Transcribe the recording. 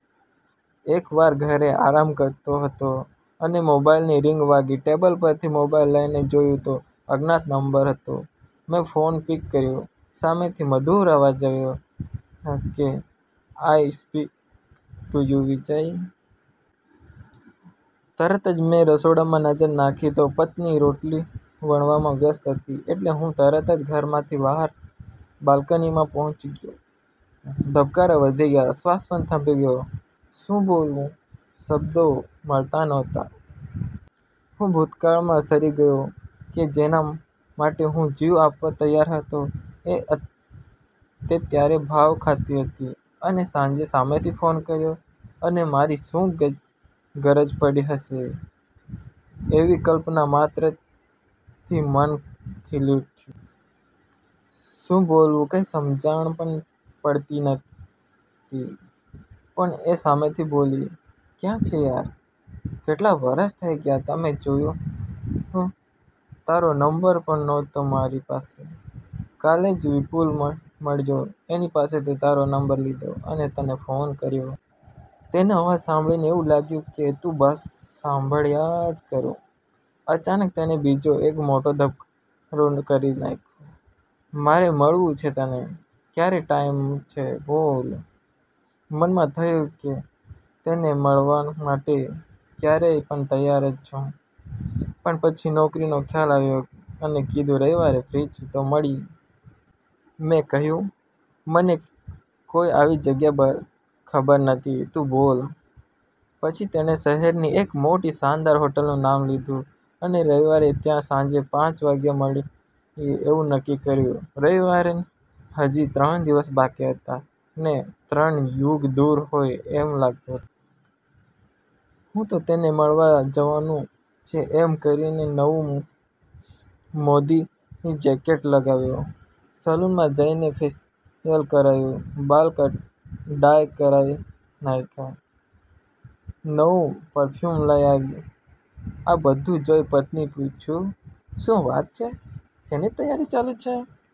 એક વાર ઘરે આરામ કરતો હતો અને મોબાઈલ ની રિંગ વાગી ટેબલ પર થી મોબાઈલ લઈ ને જોયું તો અજ્ઞાત નંબર હતો મેં ફોન પિક કર્યો સામે થી મધુર અવાજ આવ્યો can I speak to Vijay? તરત જ મેં રસોડામાં નજર નાખી તો પત્ની રોટલી વણવામાં વ્યસ્ત હતી, એટલે હું તરત જ ઘરમાંથી બહાર બાલ્કની માં પહોંચી ગયો, ધબકારા વધી ગયા, શ્વાસ પણ થંભી ગયો. શું બોલવું શબ્દો મળતા નહોતા. હું ભૂતકાળમાં સરી ગયો કે જેના માટે હું જીવ આપવા તૈયાર હતો તે ત્યારે ભાવ ખાતી હતી અને આજે સામેથી ફોન કર્યો એને મારી શું ગરજ પડી હશે એવી કલ્પના માત્ર થી મન ખીલી ઉઠ્યું. શું બોલવું કઇ સમજણ પડતી નહતી પણ એ સામેથી બોલી: ક્યાં છે યાર, કેટલા વરસ થઈ ગયા તને જોયે, તારો નમ્બર પણ નહતો મારી પાસે. કાલે જ વિપુલ મળ્યો એની પાસેથી તારો નમ્બર લીધો અને તને ફોન કર્યો. તેનો અવાજ સાંભળી એવું લાગતું તું કે બસ સાંભળ્યા જ કરું. અચાનક તેણે બીજો એક મોટો ધડાકો કરી નાખ્યો, મારે મળવું છે તને ક્યારે ટાઈમ છે બોલ! મનમાં થયું કે તને મળવા માટે ક્યારેય પણ તૈયાર જ છુ, પણ પછી નોકરીનો ખ્યાલ આવ્યો અને કીધું રવિવારે ફ્રી છુ તો મળીએ. મેં કહ્યું મને કોઈ આવી જગ્યા ખબર નથી તું બોલ. પછી તેણે શહેર ની એક મોટી શાનદાર હોટેલનું નામ લીધું અને રવિવારે ત્યાં સાંજે પાંચ વાગ્યે મળીએ એવું નક્કી થયું. રવિવારે ને હજી ત્રણ દિવસ બાકી હતા જે ત્રણ યુગ દૂર હોય એમ લાગતું હતું. હું તો તેને મળવા જવાનું છે એમ કરી નવું મોદી જેકેટ લાવ્યો, સલૂન માં જઈ ફેસિયલ કરાવ્યું, બાલ ડાઈ કારાવી નાખ્યા, નવું પરફ્યુમ લઈ આવ્યો આ બધું જોઈ પત્ની એ પૂછ્યું શું વાત છે શેની તૈયારી ચાલુ છે?